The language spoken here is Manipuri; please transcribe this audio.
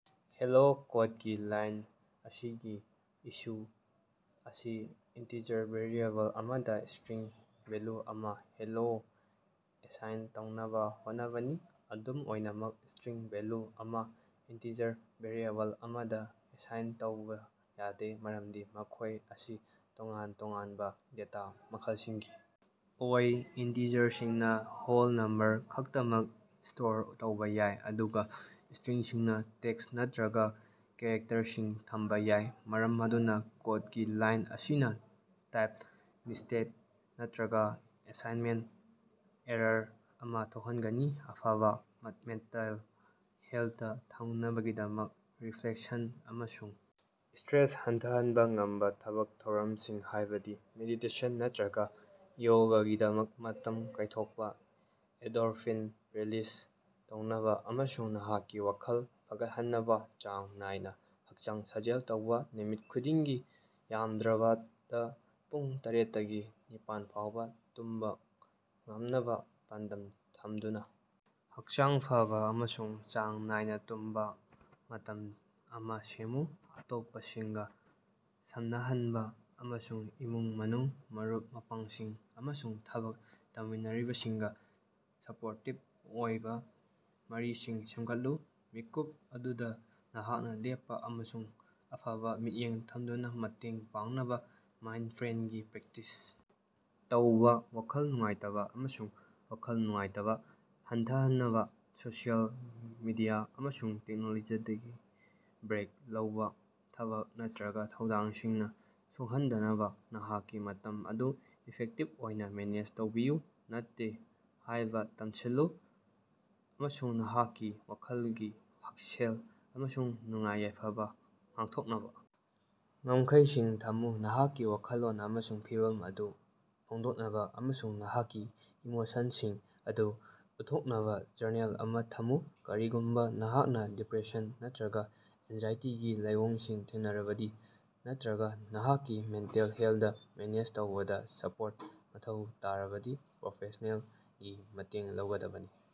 "ꯍꯦꯂꯣ", ꯀꯣꯗꯀꯤ ꯂꯥꯏꯟ ꯑꯁꯤꯒꯤ ꯏꯁꯨ ꯑꯁꯤ ꯏꯟꯇꯤꯖꯔ ꯚꯦꯔꯤꯑꯦꯕꯜ ꯑꯃꯗꯥ ꯁ꯭ꯇꯔꯤꯡ ꯚꯦꯂꯨ ꯑꯃꯥ (ꯍꯦꯂꯣ) ꯑꯦꯁꯥꯏꯟ ꯇꯧꯅꯕꯥ ꯍꯣꯠꯅꯕꯅꯤ꯫ ꯑꯗꯨꯝ ꯑꯣꯏꯅꯃꯛ ꯁ꯭ꯇꯔꯤꯡ ꯚꯦꯂꯨ ꯑꯃꯥ ꯏꯟꯇꯤꯖꯔ ꯚꯦꯔꯤꯑꯦꯕꯜ ꯑꯃꯗꯥ ꯑꯦꯁꯥꯏꯟ ꯇꯧꯕꯥ ꯌꯥꯗꯦ ꯃꯔꯝꯗꯤ ꯃꯈꯣꯏ ꯑꯁꯤ ꯇꯣꯉꯥꯟ-ꯇꯣꯉꯥꯟꯕꯥ ꯗꯦꯇꯥ ꯃꯈꯜꯁꯤꯡꯒꯤ ꯑꯣꯏ꯫ ꯏꯟꯇꯤꯖꯔꯁꯤꯡꯅꯥ ꯍꯣꯜ ꯅꯝꯕꯔ ꯈꯛꯇꯃꯛ ꯁ꯭ꯇꯣꯔ ꯇꯧꯕꯥ ꯌꯥꯏ, ꯑꯗꯨꯒꯥ ꯁꯇ꯭ꯔꯤꯡꯁꯤꯡꯅꯥ ꯇꯦꯛꯁ ꯅꯠꯇ꯭ꯔꯒ ꯀꯦꯔꯦꯛꯇꯔꯁꯤꯡ ꯊꯝꯕꯥ ꯌꯥꯏ꯫ ꯃꯔꯝ ꯑꯗꯨꯅꯥ ꯀꯣꯗꯀꯤ ꯂꯥꯏꯟ ꯑꯁꯤꯅꯥ ꯇꯥꯏꯞ ꯃꯤꯁꯇꯦꯠ ꯅꯠꯇ꯭ꯔꯒꯥ ꯑꯦꯁꯥꯏꯟꯃꯦꯟꯇ ꯑꯦꯔꯥꯔ ꯑꯃꯥ ꯊꯣꯛꯍꯟꯒꯅꯤ꯫ ꯑꯐꯕꯥ ꯃꯦꯟꯇꯦꯜ ꯍꯦꯜꯇ ꯊꯝꯅꯕꯒꯤꯗꯃꯛ, ꯔꯤꯂꯦꯛꯁꯦꯁꯟ ꯑꯃꯁꯨꯡ ꯁꯇ꯭ꯔꯦꯁ ꯍꯟꯊꯍꯟꯕꯥ ꯉꯝꯕꯥ ꯊꯕꯛ ꯊꯧꯔꯝꯁꯤꯡ, ꯍꯥꯏꯕꯗꯤ ꯃꯦꯗꯤꯇꯦꯁꯟ ꯅꯠꯇ꯭ꯔꯒꯥ ꯌꯣꯒꯥꯒꯤꯗꯃꯛ ꯃꯇꯝ ꯀꯥꯏꯊꯣꯛꯄꯥ꯫ ꯑꯦꯟꯗꯣꯔꯐꯤꯟ ꯔꯤꯂꯤꯁ ꯇꯧꯅꯕꯥ ꯑꯃꯁꯨꯡ ꯅꯍꯥꯛꯀꯤ ꯋꯥꯈꯜ ꯐꯒꯠꯍꯟꯅꯕꯥ ꯆꯥꯡ ꯅꯥꯏꯅꯥ ꯍꯛꯆꯥꯡ ꯁꯥꯖꯦꯜ ꯇꯧꯕꯥ꯫ ꯅꯨꯃꯤꯠ ꯈꯨꯗꯤꯡꯒꯤ ꯌꯥꯝꯗ꯭ꯔꯕꯗꯥ ꯄꯨꯡ ꯇꯔꯦꯠꯇꯒꯤ ꯅꯤꯄꯥꯟꯐꯥꯎꯕ ꯇꯨꯝꯕꯥ ꯉꯝꯅꯕꯥ ꯄꯥꯟꯗꯝ ꯊꯝꯗꯨꯅꯥ ꯍꯛꯆꯥꯡ ꯐꯕꯥ ꯑꯃꯁꯨꯡ ꯆꯥꯡ ꯅꯥꯏꯅꯥ ꯇꯨꯝꯕꯥ ꯃꯇꯝ ꯑꯃꯥ ꯁꯦꯝꯃꯨ꯫ ꯑꯇꯣꯞꯄꯁꯤꯡꯒꯥ ꯁꯝꯅꯍꯟꯕꯥ ꯑꯃꯁꯨꯡ ꯏꯃꯨꯡ-ꯃꯅꯨꯡ, ꯃꯔꯨꯞ-ꯃꯄꯥꯡꯁꯤꯡ ꯑꯃꯁꯨꯡ ꯊꯕꯛ ꯇꯧꯃꯤꯟꯅꯔꯤꯕꯁꯤꯡꯒꯥ ꯁꯄꯣꯔꯇꯤꯞ ꯑꯣꯏꯕꯥ ꯃꯔꯤꯁꯤꯡ ꯁꯦꯝꯒꯠꯂꯨ꯫ ꯃꯤꯀꯨꯞ ꯑꯗꯨꯗꯥ ꯅꯍꯥꯛꯅꯥ ꯂꯦꯞꯄꯥ ꯑꯃꯁꯨꯡ ꯑꯐꯕ ꯃꯤꯠꯌꯦꯡ ꯊꯝꯕꯗꯥ ꯃꯇꯦꯡ ꯄꯥꯡꯅꯕꯥ ꯃꯥꯏꯟꯗꯐ꯭ꯔꯦꯟꯒꯤ ꯄ꯭ꯔꯦꯛꯇꯤꯁ ꯇꯧꯕꯥ꯫ ꯋꯥꯈꯜ ꯅꯨꯡꯉꯥꯏꯇꯕꯥ ꯑꯃꯁꯨꯡ ꯋꯥꯈꯜ ꯅꯨꯡꯉꯥꯏꯇꯕꯥ ꯍꯟꯊꯍꯟꯅꯕꯥ ꯁꯣꯁꯤꯑꯦꯜ ꯃꯤꯗꯤꯌꯥ ꯑꯃꯁꯨꯡ ꯇꯦꯛꯅꯣꯂꯣꯖꯤꯗꯒꯤ ꯕ꯭ꯔꯦꯛ ꯂꯧꯕꯥ꯫ ꯊꯕꯛ ꯅꯠꯇ꯭ꯔꯒꯥ ꯊꯧꯗꯥꯡꯁꯤꯡꯅꯥ ꯁꯣꯛꯍꯟꯗꯅꯕꯥ ꯅꯍꯥꯛꯀꯤ ꯃꯇꯝ ꯑꯗꯨ ꯏꯐꯦꯛꯇꯤꯞ ꯑꯣꯏꯅꯥ ꯃꯦꯅꯦꯖ ꯇꯧꯕꯤꯌꯨ꯫ "ꯅꯠꯇꯦ"ꯍꯥꯏꯕꯥ ꯇꯝꯁꯤꯜꯂꯨ ꯑꯃꯁꯨꯡ ꯅꯍꯥꯛꯀꯤ ꯋꯥꯈꯜꯒꯤ ꯍꯛꯁꯦꯜ ꯑꯃꯁꯨꯡ ꯅꯨꯡꯉꯥꯏ-ꯌꯥꯏꯐꯕꯥ ꯉꯥꯛꯊꯣꯛꯅꯕꯥ ꯉꯝꯈꯩꯁꯤꯡ ꯊꯝꯃꯨ꯫ ꯅꯍꯥꯛꯀꯤ ꯋꯥꯈꯜꯂꯣꯟ ꯑꯃꯁꯨꯡ ꯐꯤꯚꯝ ꯑꯗꯨ ꯐꯣꯡꯗꯣꯛꯅꯕꯥ ꯑꯃꯁꯨꯡ ꯅꯍꯥꯛꯀꯤ ꯏꯃꯣꯁꯟꯁꯤꯡ ꯑꯗꯨ ꯎꯠꯊꯣꯛꯅꯕ ꯖꯔꯅꯦꯜ ꯑꯃꯥ ꯊꯝꯃꯨ꯫ ꯀꯔꯤꯒꯨꯝꯕꯥ ꯅꯍꯥꯛꯅꯥ ꯗꯤꯄ꯭ꯔꯦꯁꯟ ꯅꯠꯇ꯭ꯔꯒꯥ ꯑꯦꯟꯖꯥꯏꯇꯤꯒꯤ ꯂꯥꯏꯑꯣꯡꯁꯤꯡ ꯊꯦꯡꯅꯔꯕꯗꯤ, ꯅꯠꯇ꯭ꯔꯒꯥ ꯅꯍꯥꯛꯀꯤ ꯃꯦꯟꯇꯦꯜ ꯍꯦꯜꯗ ꯃꯦꯅꯦꯖ ꯇꯧꯕꯗꯥ ꯁꯄꯣꯔꯠ ꯃꯊꯧ ꯇꯥꯔꯕꯗꯤ ꯄ꯭ꯔꯣꯐꯦꯁꯅꯦꯜꯒꯤ ꯃꯇꯦꯡ ꯂꯧꯒꯗꯕꯅꯤ꯫